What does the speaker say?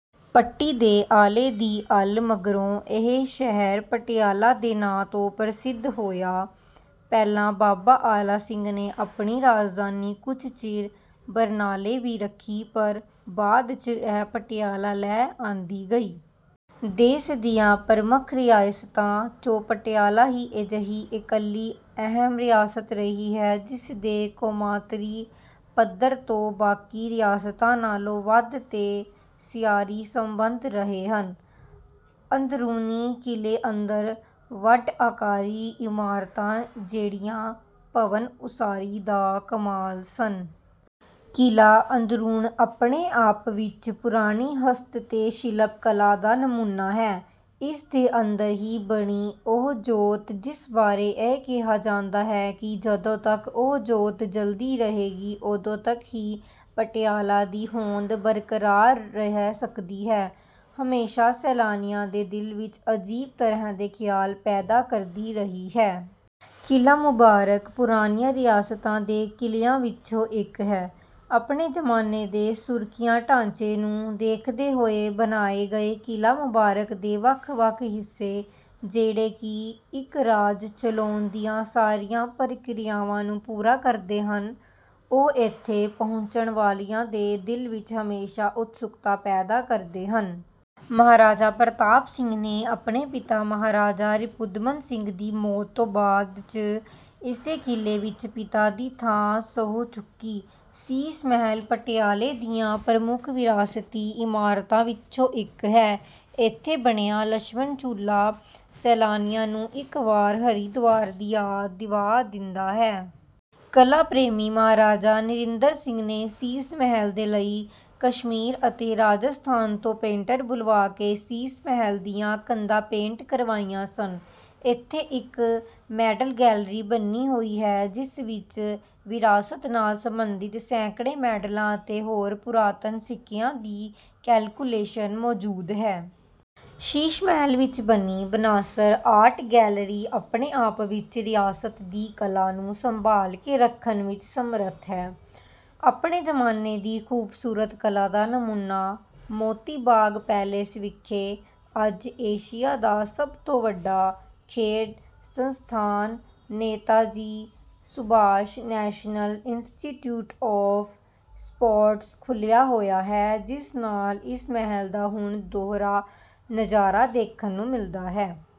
ਪੱਟੀ ਦੇ ਆਲੇ ਦੀ 'ਅੱਲ' ਮਗਰੋਂ ਇਹ ਸ਼ਹਿਰ ਪਟਿਆਲਾ ਦੇ ਨਾਂ 'ਤੇ ਪ੍ਰਸਿੱਧ ਹੋਇਆ। ਪਹਿਲਾਂ ਬਾਬਾ ਆਲਾ ਸਿੰਘ ਨੇ ਆਪਣੀ ਰਾਜਧਾਨੀ ਕੁਝ ਚਿਰ ਬਰਨਾਲੇ ਵੀ ਰੱਖੀ, ਪਰ ਬਾਅਦ 'ਚ ਇਹ ਪਟਿਆਲਾ ਲੈ ਆਂਦੀ ਗਈ। ਦੇਸ਼ ਦੀਆਂ ਪ੍ਰਮੱਖ ਰਿਆਸਤਾਂ 'ਚੋਂ ਪਟਿਆਲਾ ਹੀ ਅਜਿਹੀ ਇਕੱਲੀ ਅਹਿਮ ਰਿਆਸਤ ਰਹੀ ਹੈ, ਜਿਸ ਦੇ ਕੌਮਾਂਤਰੀ ਪੱਧਰ 'ਤੇ ਬਾਕੀ ਰਿਆਸਤਾਂ ਨਾਲੋਂ ਵੱਧ ਤੇ ਮਿਆਰੀ ਸਬੰਧ ਰਹੇ ਹਨ। ਅੰਦਰੂਨੀ ਕਿਲ੍ਹੇ ਅੰਦਰ ਵੱਡ ਆਕਾਰੀ ਇਮਾਰਤਾਂ, ਜਿਹੜੀਆਂ ਭਵਨ ਉਸਾਰੀ ਦਾ ਕਮਾਲ ਸਨ। ਕਿਲ੍ਹਾ ਅੰਦਰੂਨ ਆਪਣੇ ਆਪ ਵਿਚ ਪੁਰਾਣੀ ਹਸਤ ਤੇ ਸ਼ਿਲਪ ਕਲਾ ਦਾ ਨਮੂਨਾ ਹੈ। ਇਸ ਦੇ ਅੰਦਰ ਹੀ ਬਣੀ ਉਹ ਜੋਤ ਜਿਸ ਬਾਰੇ ਇਹ ਕਿਹਾ ਜਾਂਦਾ ਹੈ ਕਿ ਜਦੋਂ ਤੱਕ ਉਹ ਜੋਤ ਜਲਦੀ ਰਹੇਗੀ ਉਦੋਂ ਤੱਕ ਹੀ ਪਟਿਆਲਾ ਦੀ ਹੋਂਦ ਬਰਕਰਾਰ ਰਹਿ ਸਕਦੀ ਹੈ, ਹਮੇਸ਼ਾ ਸੈਲਾਨੀਆਂ ਦੇ ਦਿਲ ਵਿਚ ਅਜੀਬ ਤਰ੍ਹਾਂ ਦੇ ਖਿਆਲ ਪੈਦਾ ਕਰਦੀ ਰਹੀ ਹੈ। ਕਿਲ੍ਹਾ ਮੁਬਾਰਕ ਪੁਰਾਣੀਆਂ ਰਿਆਸਤਾਂ ਦੇ ਕਿਲ੍ਹਿਆਂ ਵਿਚੋਂ ਇੱਕ ਹੈ। ਆਪਣੇ ਜ਼ਮਾਨੇ ਦੇ ਸੁਰੱਖਿਆ ਢਾਂਚੇ ਨੂੰ ਦੇਖਦੇ ਹੋਏ ਬਣਾਏ ਗਏ ਕਿਲ੍ਹਾ ਮੁਬਾਰਕ ਦੇ ਵੱਖ ਵੱਖ ਹਿੱਸੇ ਜਿਹੜੇ ਕਿ ਇੱਕ ਰਾਜ ਚਲਾਉਣ ਦੀਆਂ ਸਾਰੀਆਂ ਪ੍ਰਕਿਰਿਆਵਾਂ ਨੂੰ ਪੂਰਾ ਕਰਦੇ ਹਨ, ਉਹ ਇਥੇ ਪਹੁੰਚਣ ਵਾਲਿਆਂ ਦੇ ਦਿਲ ਵਿਚ ਹਮੇਸ਼ਾ ਉਤਸੁਕਤਾ ਪੈਦਾ ਕਰਦੇ ਹਨ। ਮਹਾਰਾਜਾ ਪ੍ਰਤਾਪ ਸਿੰਘ ਨੇ ਆਪਣੇ ਪਿਤਾ ਮਹਾਰਾਜਾ ਰਿਪੁਦਮਨ ਸਿੰਘ ਦੀ ਮੌਤ ਤੋਂ ਬਾਅਦ 'ਚ ਇਸੇ ਕਿਲ੍ਹੇ ਵਿੱਚ ਪਿਤਾ ਦੀ ਥਾਂ ਸਹੁੰ ਚੁੱਕੀ। ਸ਼ੀਸ਼ ਮਹਿਲ ਪਟਿਆਲੇ ਦੀਆਂ ਪ੍ਰਮੁੱਖ ਵਿਰਾਸਤੀ ਇਮਾਰਤਾਂ ਵਿਚੋਂ ਇੱਕ ਹੈ। ਇਥੇ ਬਣਿਆ ਲਛਮਣ ਝੂਲਾ ਸੈਲਾਨੀਆਂ ਨੂੰ ਇੱਕ ਵਾਰ ਹਰਿਦੁਆਰ ਦੀ ਯਾਦ ਦਿਵਾ ਦਿੰਦਾ ਹੈ। ਕਲਾ ਪ੍ਰੇਮੀ ਮਹਾਰਾਜਾ ਨਰਿੰਦਰ ਸਿੰਘ ਨੇ ਸ਼ੀਸ਼ ਮਹਿਲ ਦੇ ਲਈ ਕਸ਼ਮੀਰ ਅਤੇ ਰਾਜਸਥਾਨ ਤੋਂ ਪੇਂਟਰ ਬੁਲਵਾ ਕੇ ਸ਼ੀਸ਼ ਮਹਿਲ ਦੀਆਂ ਕੰਧਾਂ ਪੇਂਟ ਕਰਵਾਈਆਂ ਸਨ। ਇਥੇ ਇੱਕ ਮੈਡਲ ਗੈਲਰੀ ਬਣੀ ਹੋਈ ਹੈ, ਜਿਸ ਵਿਚ ਵਿਰਾਸਤ ਨਾਲ ਸਬੰਧਿਤ ਸੈਂਕੜੇ ਮੈਡਲਾਂ ਅਤੇ ਹੋਰ ਪੁਰਾਤਨ ਸਿੱਕਿਆਂ ਦੀ ਕੁਲੈਕਸ਼ਨ ਮੌਜੂਦ ਹੈ। ਸ਼ੀਸ਼ ਮਹਿਲ ਵਿਚ ਬਣੀ ਬਨਾਸਰ ਆਰਟ ਗੈਲਰੀ ਆਪਣੇ ਆਪ ਵਿਚ ਰਿਆਸਤ ਦੀ ਕਲਾ ਨੂੰ ਸੰਭਾਲ ਕੇ ਰੱਖਣ ਵਿਚ ਸਮਰੱਥ ਹੈ। ਆਪਣੇ ਜ਼ਮਾਨੇ ਦੀ ਖੂਬਸੂਰਤ ਕਲਾ ਦਾ ਨਮੂਨਾ ਮੋਤੀ ਬਾਗ ਪੈਲੇਸ ਵਿਖੇ ਅੱਜ ਏਸ਼ੀਆ ਦਾ ਸਭ ਤੋਂ ਵੱਡਾ ਖੇਡ ਸੰਸਥਾਨ Netaji Subhas National Institute of Sports ਖੁੱਲ੍ਹਿਆ ਹੋਇਆ ਹੈ ਜਿਸ ਨਾਲ ਇਸ ਮਹਿਲ ਦਾ ਹੁਣ ਦੋਹਰਾ ਨਜ਼ਾਰਾ ਦੇਖਣ ਨੂੰ ਮਿਲਦਾ ਹੈ।